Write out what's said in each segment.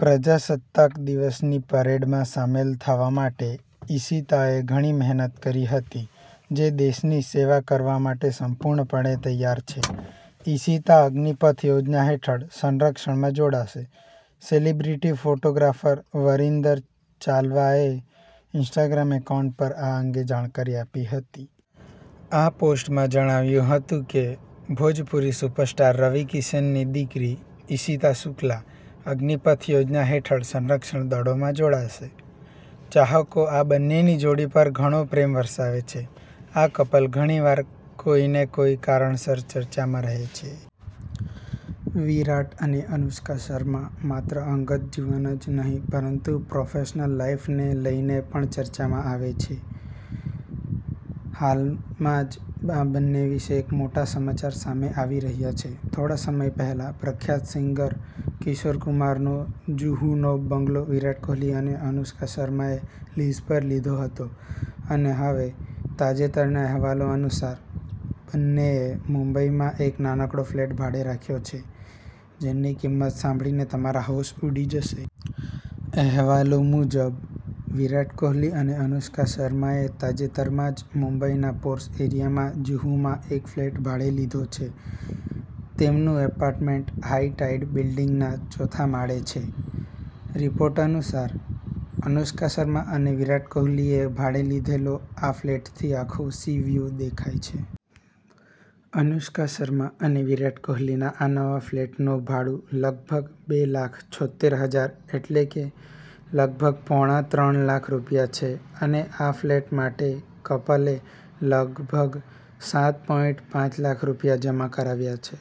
પ્રજાસત્તાક દિવસની પરેડમાં સામેલ થવા માટે ઈશિતાએ ઘણી મહેનત કરી હતી. જે દેશની સેવા કરવા માટે સંપૂર્ણપણે તૈયાર છે. ઈશિતા અગ્નિપથ યોજના હેઠળ સંરક્ષણમાં જોડાશે સેલિબ્રિટી ફોટોગ્રાફર વરિન્દર ચાવલાએ ઇન્સ્ટાગ્રામ એકાઉન્ટ પર આ અંગે જાણકારી આપી હતી. આ પોસ્ટમાં જણાવ્યું હતું કે, ભોજપુરી સુપરસ્ટાર રવિ કિશનની દીકરી ઈશિતા શુક્લા અગ્નિપથ યોજના હેઠળ સંરક્ષણ દળોમાં જોડાશે. ચાહકો આ બંનેની જોડી પર ઘણો પ્રેમ વરસાવે છે. આ કપલ ઘણીવાર કોઈને કોઈ કારણસર ચર્ચામાં રહે છે. વિરાટ અને અનુષ્કા શર્મા માત્ર અંગત જીવન જ નહીં પરંતુ પ્રોફેશનલ લાઈફને લઈને પણ ચર્ચામાં આવે છે. હાલમાં જ આ બંને વિશે એક મોટા સમાચાર સામે આવી રહ્યા છે. થોડા સમય પહેલા પ્રખ્યાત સિંગર કિશોર કુમાર નો જુહુનો બંગલો વિરાટ કોહલી અને અનુષ્કા શર્માએ લીઝ પર લીધો હતો અને હવે તાજેતરના અહેવાલો અનુસાર, બંનેએ મુંબઈ માં એક નાનકડો ફ્લેટ ભાડે રાખ્યો છે, જેની કિંમત સાંભળીને તમારા હોશ ઉડી જશે. અહેવાલો મુજબ, વિરાટ કોહલી અને અનુષ્કા શર્માએ તાજેતરમાં જ મુંબઈના પોર્શ એરિયા જુહુમાં એક ફ્લેટ ભાડે લીધો છે. તેમનું એપાર્ટમેન્ટ હાઈ ટાઈડ બિલ્ડિંગના ચોથા માળે છે. રિપોર્ટ્સ અનુસાર, અનુષ્કા શર્મા અને વિરાટ કોહલીએ ભાડે લીધેલો આ ફ્લેટથી આખો સીવ્યૂ દેખાય છે. અનુષ્કા શર્મા અને વિરાટ કોહલીના આ નવા ફ્લેટનું ભાડું લગભગ બે લાખ છોતેર હજાર એટલે કે લગભગ પોણા ત્રણ લાખ રૂપિયા છે અને આ ફ્લેટ માટે કપલે લગભગ સાત પોઈન્ટ પાંચ લાખ રૂપિયા જમા કરાવ્યા છે.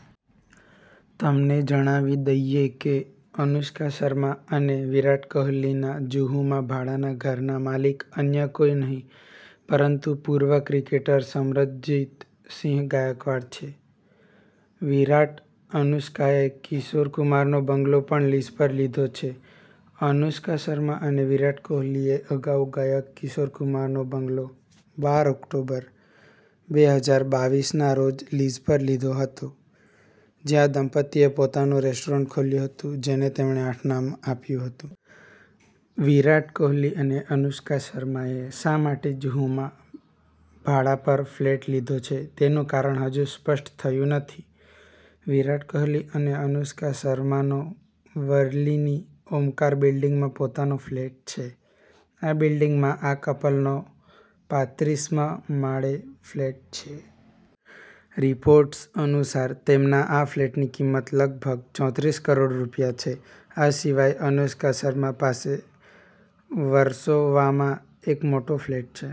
તમને જણાવી દઈએ કે અનુષ્કા શર્મા અને વિરાટ કોહલીના જુહુમાં ભાડાના ઘરના માલિક અન્ય કોઈ નહીં પરંતુ પૂર્વ ક્રિકેટર સમરજિત સિંહ ગાયકવાડ છે. વિરાટ-અનુષ્કાએ કિશોર કુમારનો બંગલો પણ લીઝ પર લીધો છે: અનુષ્કા શર્મા અને વિરાટ કોહલીએ અગાઉ ગાયક કિશોર કુમારનો બંગલો બાર ઓક્ટોબર, બે હજાર બાવીસ ના રોજ લીઝ પર લીધો હતો, જ્યાં દંપતીએ પોતાનું રેસ્ટોરન્ટ ખોલ્યું હતું, જેને તેમણે આઠ નામ આપ્યું હતું. વિરાટ કોહલી અને અનુષ્કા શર્માએ શા માટે જુહુમાં ભાડા પર ફ્લેટ લીધો છે તેનું કારણ હજુ સ્પષ્ટ થયું નથી. વિરાટ કોહલી અને અનુષ્કા શર્માનો વર્લીની ઓમકાર બિલ્ડીંગમાં પોતાનો ફ્લેટ છે. આ બિલ્ડીંગમાં આ કપલનો પાત્રીસ મા માળે ફ્લેટ છે. રિપોર્ટ્સ અનુસાર તેમના આ ફ્લેટની કિંમત લગભગ ચોત્રીસ કરોડ રૂપિયા છે. આ સિવાય અનુષ્કા શર્મા પાસે વર્સોવામાં એક મોટો ફ્લેટ છે.